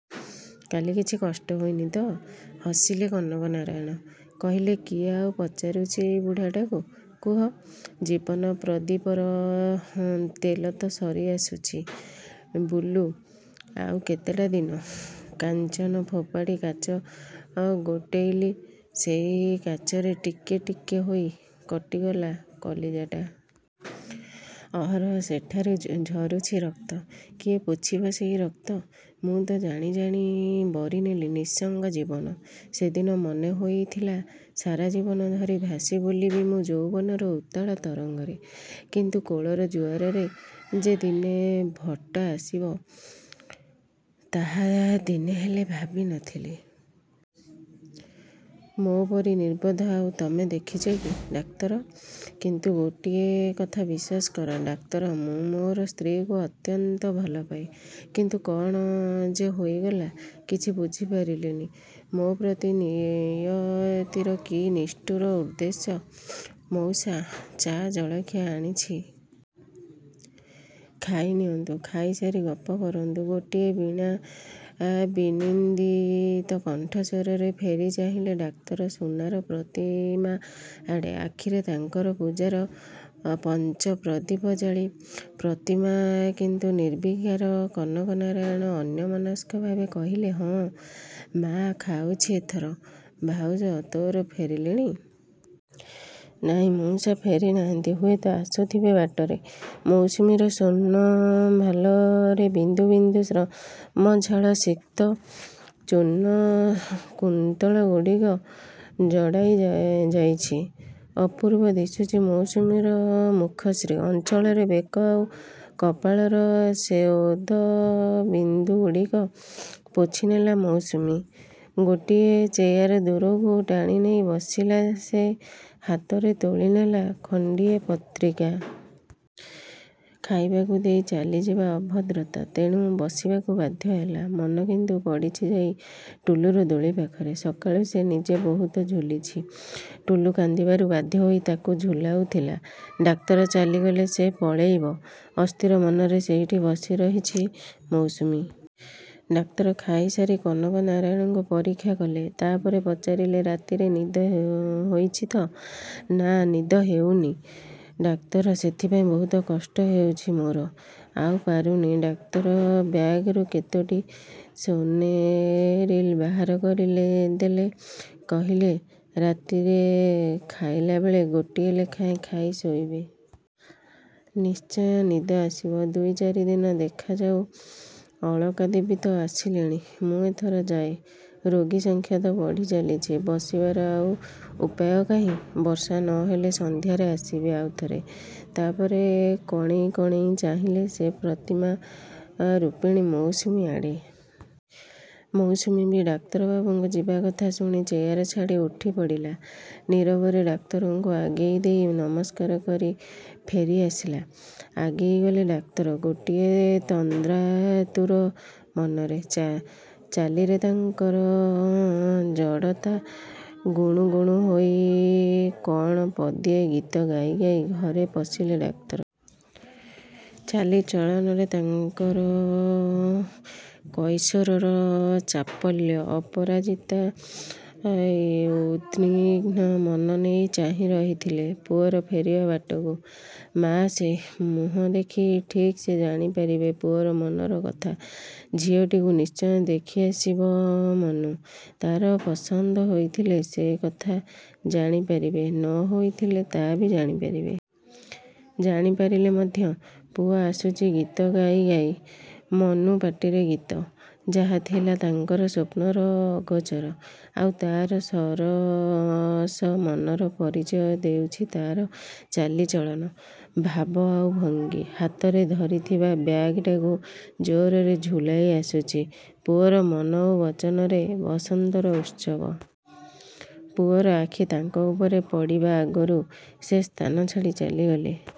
କାଲି କିଛି କଷ୍ଟ ହୋଇନି ତ? ହସିଲେ କନକ ନାରାୟଣ। କହିଲେ, କିଏ ଆଉ ପଚାରୁଛି ଏଇ ବୁଢ଼ାଟାକୁ, କୁହ? ଜୀବନ-ପ୍ରଦୀପର ତେଲ ତ ସରିଆସୁଛି, ବୁଲୁ। ଆଉ କେତେଟା ଦିନ! କାଞ୍ଚନ ଫୋପାଡ଼ି କାଚ ଗୋଟେଇଲି, ସେଇ କାଚରେ ଟିକି ଟିକି ହୋଇ କଟିଗଲା କଲିଜାଟା। ଅହରହ ସେଠାରୁ ଝରୁଛି ରକ୍ତ। କିଏ ପୋଛିବ ସେଇ ରକ୍ତ? ମୁଁ ତ ଜାଣିଜାଣି ବରିନେଲି ନିଃସଙ୍ଗ ଜୀବନ। ସେଦିନ ମନେହୋଇଥିଲା ସାରା ଜୀବନ ଧରି ଭାସି ବୁଲିବି ମୁଁ ଯୌବନର ଉତ୍ତାଳ ତରଙ୍ଗରେ। କିନ୍ତୁ କାଳର ଜୁଆରରେ ଯେ ଦିନେ ଭଟ୍ଟା ଆସିବ, ତାହା ଦିନେହେଲେ ଭାବିନଥିଲି। ମୋ ପରି ନିର୍ବୋଧ ଆଉ ତୁମେ ଦେଖିଛ କି, ଡାକ୍ତର? କିନ୍ତୁ ଗୋଟିଏ କଥା ବିଶ୍ୱାସ କର, ଡାକ୍ତର, ମୁଁ ମୋର ସ୍ତ୍ରୀଙ୍କୁ ଅତ୍ୟନ୍ତ ଭଲପାଏ। କିନ୍ତୁ କ'ଣ ଯେ ହୋଇଗଲା, କିଛି ବୁଝିପାରିଲିନି। ମୋ ପ୍ରତି ନିୟତିର କି ନିଷ୍ଠୁର ନିର୍ଦ୍ଦେଶ! ମଉସା, ଚା-ଜଳଖିଆ ଆଣିଛି। ଖାଇନିଅନ୍ତୁ। ଖାଇସାରି ଗପ କରନ୍ତୁ। ଗୋଟିଏ ବୀଣା-ବିନିନ୍ଦିତ କଣ୍ଠସ୍ୱରରେ ଫେରି ଚାହିଁଲେ ଡାକ୍ତର ସୁନାର ପ୍ରତିମା ଆଡ଼େ, ଆଖିରେ ତାଙ୍କର ପୂଜାର ପଞ୍ଚପ୍ରଦୀପ ଜାଳି। ପ୍ରତିମା କିନ୍ତୁ ନିର୍ବିକାର। କନକ ନାରାୟଣ ଅନ୍ୟମନସ୍କ ଭାବେ କହିଲେ, "ହଁ, ମାଆ, ଖାଉଛି ଏଥର। ଭାଉଜ ତୋର ଫେରିଲେଣି? ନାଇଁ, ମଉସା, ଫେରିନାହାନ୍ତି। ହୁଏତ ଆସୁଥିବେ ବାଟରେ। ମୌସୁମୀର ସ୍ୱର୍ଣ୍ଣଭାଲରେ ବିନ୍ଦୁ ବିନ୍ଦୁ ଶ୍ରମଝାଳ-ସିକ୍ତ ଚୂର୍ଣ୍ଣ କୁନ୍ତଳଗୁଡ଼ିକ ଜଡ଼ାଇ ଯାଇଛି। ଅପୂର୍ବ ଦିଶୁଛି ମୌସୁମୀର ମୁଖଶ୍ରୀ। ଅଞ୍ଚଳରେ ବେକ ଆଉ କପାଳର ଶ୍ୱେଦବିନ୍ଦୁଗୁଡ଼ିକ ପୋଛିନେଲା ମୌସୁମୀ। ଗୋଟିଏ ଚେୟାର ଦୂରକୁ ଟାଣିନେଇ ବସିଲା ସେ। ହାତରେ ତୋଳିନେଲା ଖଣ୍ଡିଏ ପତ୍ରିକା। ଖାଇବାକୁ ଦେଇ ଚାଲିଯିବା ଅଭଦ୍ରତା, ତେଣୁ ବସିବାକୁ ବାଧ୍ୟହେଲା। ମନ କିନ୍ତୁ ପଡ଼ିଛି ଯାଇ ଟୁଲୁର ଦୋଳି ପାଖରେ। ସକାଳୁ ସେ ନିଜେ ବହୁତ ଝୁଲିଛି। ଟୁଲୁ କାନ୍ଦିବାରୁ ବାଧ୍ୟହୋଇ ତାକୁ ଝୁଲାଉଥିଲା। ଡାକ୍ତର ଚାଲିଗଲେ ସେ ପଳାଇବ। ଅସ୍ଥିର ମନରେ ସେଇଠି ବସି ରହିଛି ମୌସୁମୀ। ଡାକ୍ତର ଖାଇସାରି କନକ ନାରାୟଣଙ୍କୁ ପରୀକ୍ଷା କଲେ। ତା'ପରେ ପଚାରିଲେ, ରାତିରେ ନିଦ ହୋଇଛି ତ? ନା, ନିଦ ହେଉନି, ଡାକ୍ତର। ସେଥିପାଇଁ ବହୁତ କଷ୍ଟ ହେଉଛି ମୋର। ଆଉ ପାରୁନି। ଡାକ୍ତର ବ୍ୟାଗରୁ କେତୋଟି 'ସୋନେରିଲ୍' ବାହାର କରିଦେଲେ। କହିଲେ, "ରାତିରେ ଶୋଇଲାବେଳେ ଗୋଟିଏ ଲେଖାଏଁ ଖାଇ ଶୋଇବେ। ନିଶ୍ଚୟ ନିଦ ଆସିବ। ଦୁଇ-ଚାରିଦିନ ଦେଖାଯାଉ। ଅଳକା ଦେବୀ ତ ଆସିଲେନି, ମୁଁ ଏଥର ଯାଏ। ରୋଗୀ ସଂଖ୍ୟା ତ ବଢ଼ିଚାଲିଛି, ବସିବାର ଆଉ ଉପାୟ କାହିଁ! ବର୍ଷା ନ ହେଲେ ସନ୍ଧ୍ୟାରେ ଆସିବି ଆଉଥରେ। ତା'ପରେ କଣେଇ କଣେଇ ଚାହିଁଲେ ସେ ପ୍ରତିମା-ରୂପିଣୀ ମୌସୁମୀ ଆଡ଼େ। ମୌସୁମୀ ବି ଡାକ୍ତରବାବୁଙ୍କ ଯିବା କଥା ଶୁଣି ଚେୟାର ଛାଡ଼ି ଉଠିପଡ଼ିଲା। ନୀରବରେ ଡାକ୍ତରଙ୍କୁ ଆଗେଇ ଦେଇ ନମସ୍କାର କରି ଫେରିଆସିଲା। ଆଗେଇ ଗଲେ ଡାକ୍ତର ଗୋଟିଏ ତନ୍ଦ୍ରାତୁର ମନରେ। ଚାଲିରେ ତାଙ୍କର ଜଡ଼ତା। ଗୁଣୁଗୁଣୁ ହୋଇ କ'ଣ ପଦିଏ ଗୀତ ଗାଇ ଗାଇ ଘରେ ପଶିଲେ ଡାକ୍ତର। ଚାଲିଚଳନରେ ତାଙ୍କର କୈଶୋରର ଚାପଲ୍ୟ। ଅପରାଜିତା ଉଦ୍ବିଘ୍ନ ମନ ନେଇ ଚାହିଁ ରହିଥିଲେ ପୁଅର ଫେରିବା ବାଟକୁ। ମାଆ ସେ। ମୁହଁ ଦେଖି ଠିକ୍ ସେ ଜାଣିପାରିବେ ପୁଅର ମନକଥା। ଝିଅଟିକୁ ନିଶ୍ଚୟ ଦେଖିଆସିଥିବ ମନୁ। ତା'ର ପସନ୍ଦ ହୋଇଥିଲେ ସେକଥା ଜାଣିପାରିବେ, ନ ହୋଇଥିଲେ ତା'ବି ଜାଣିପାରିବେ। ଜାଣିପାରିଲେ ମଧ୍ୟ। ପୁଅ ଆସୁଛି ଗୀତ ଗାଇ ଗାଇ। ମନୁ ପାଟିରେ ଗୀତ! ଯାହା ଥିଲା ତାଙ୍କର ସ୍ୱପ୍ନର ଅଗୋଚର। ଆଉ ତା'ର ସରସ ମନର ପରିଚୟ ଦେଉଛି ତା'ର ଚାଲିଚଳନ, ଭାବ ଆଉ ଭଙ୍ଗୀ। ହାତରେ ଧରିଥିବା ବ୍ୟାଗଟାକୁ ଜୋରରେ ଝୁଲାଇ ଆସୁଛି। ପୁଅର ମନ ଓ ବଚନରେ ବସନ୍ତର ଉତ୍ସବ। ପୁଅର ଆଖି ତାଙ୍କ ଉପରେ ପଡ଼ିବା ଆଗରୁ ସେ ସ୍ଥାନ ଛାଡ଼ି ଚାଲିଗଲେ।